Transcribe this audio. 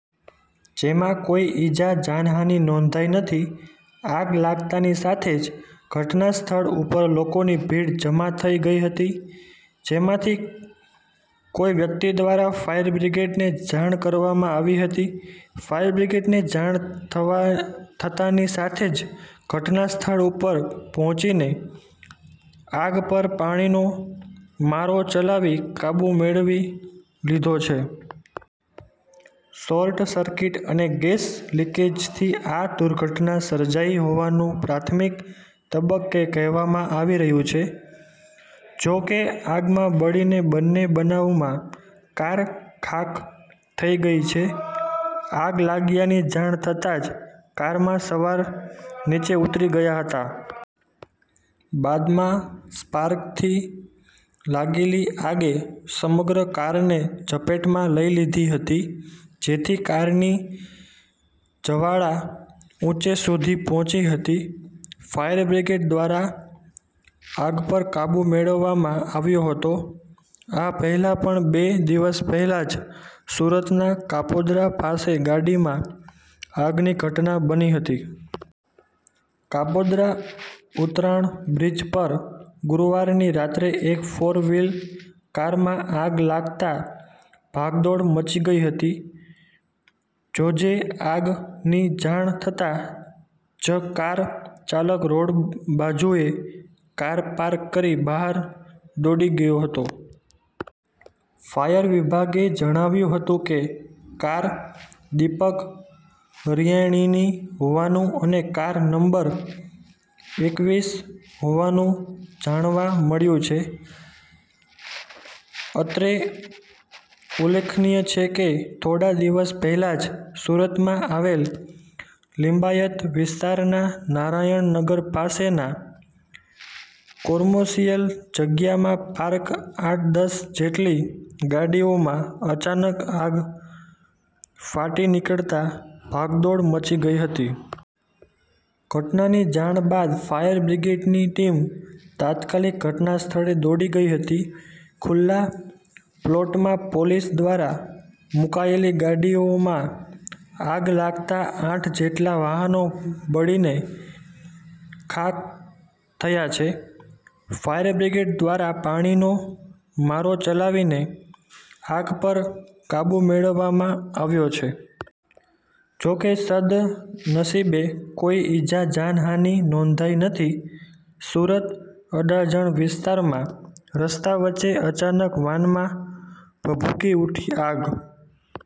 જેમાં કોઈ ઈજા જાનહાનિ નોંધાઈ નથી. આગ લાગતાની સાથે જ ઘટના સ્થળ ઉપર લોકોની ભીડ જમા થઈ ગઈ હતી. જેમાંથી કોઈ વ્યક્તિ દ્વારા ફાયરબ્રિગેડને જાણ કરવામાં આવી હતી. ફાયરબ્રિગેડને જાણ થતાની સાથે જ ઘટના સ્થળ ઉપર પહોચીને આગ પર પાણીનો મારો ચલાવી કાબૂ મેળવી લીધો છે. શોર્ટ સર્કિટ અને ગેસ લિકેઝથી આ દુર્ઘટના સર્જાઈ હોવાનું પ્રાથમિક તબક્કે કહેવામાં આવી રહ્યું છે. જો કે આગમાં બળીને બન્ને બનાવમાં કાર ખાક થઈ ગઈ છે. આગ લાગ્યાની જાણ થતાં જ કારમાં સવાર નીચે ઉતરી ગયા હતાં. બાદમાં સ્પાર્કથી લાગેલી આગે સમગ્ર કારને ઝપેટમાં લઈ લીધી હતી. જેથી કારની જવાળા ઉંચે સુધી પહોંચી હતી. ફાયરબ્રિગેડ દ્વારા આગ પર કાબૂ મેળવવામાં આવ્યો હતો. આ પહેલા પણ બે દિવસ પહેલા જ સુરતના કાપોદ્રા પાસે ગાડીમાં આગની ઘટના બની હતી. કાપોદ્રા ઉતરાણ બ્રિજ પર ગુરુવારની રાત્રે એક ફોર વ્હીલ કારમાં આગ લાગતા ભાગદોડ મચી ગઈ હતી. જોજે આગ ની જાણ થતાં જ કાર ચાલક રોડ બાજુએ કાર પાર્ક કરી બહાર દોડી ગયો હતો. ફાયર વિભાગે જણાવ્યું હતું કે, કાર દિપક હરિયાણીની હોવાનું અને કાર નંબર એકવીસ હોવાનું જાણવા મળ્યું છે. અત્રે ઉલેખનીય છે કે, થોડા દિવસ પહેલા જ સુરતમાં આવેલ લિંબાયત વિસ્તારના નારાયણ નગર પાસેના કોમર્શિયલ જગ્યામાં પાર્ક આઠ-દસ જેટલી ગાડીઓમાં અચાનક આગ ફાટી નીકળતા ભાગદોડ મચી ગઇ હતી. ઘટનાની જાણ બાદ ફાયર બ્રિગેડ ની ટીમ તાત્કાલિક ઘટના સ્થળે દોડી ગઈ હતી. ખુલ્લા પ્લોટમાં પોલીસ દ્વારા મુકાયેલી ગાડીઓમાં આગ લાગતાં આઠ જેટલા વાહનો બળીને ખાક થયા છે. ફાયરબ્રિગેડ દ્વારા પાણીનો મારો ચલાવીને આગ પર કાબૂ મેળવવામાં આવ્યો છે. જોકે, સદનસીબે કોઈ ઈજા જાન હાનિ નોંધાઈ નથી. સુરત: અડાજણ વિસ્તારમાં રસ્તા વચ્ચે અચાનક વાનમાં ભભૂકી ઉઠી આગ.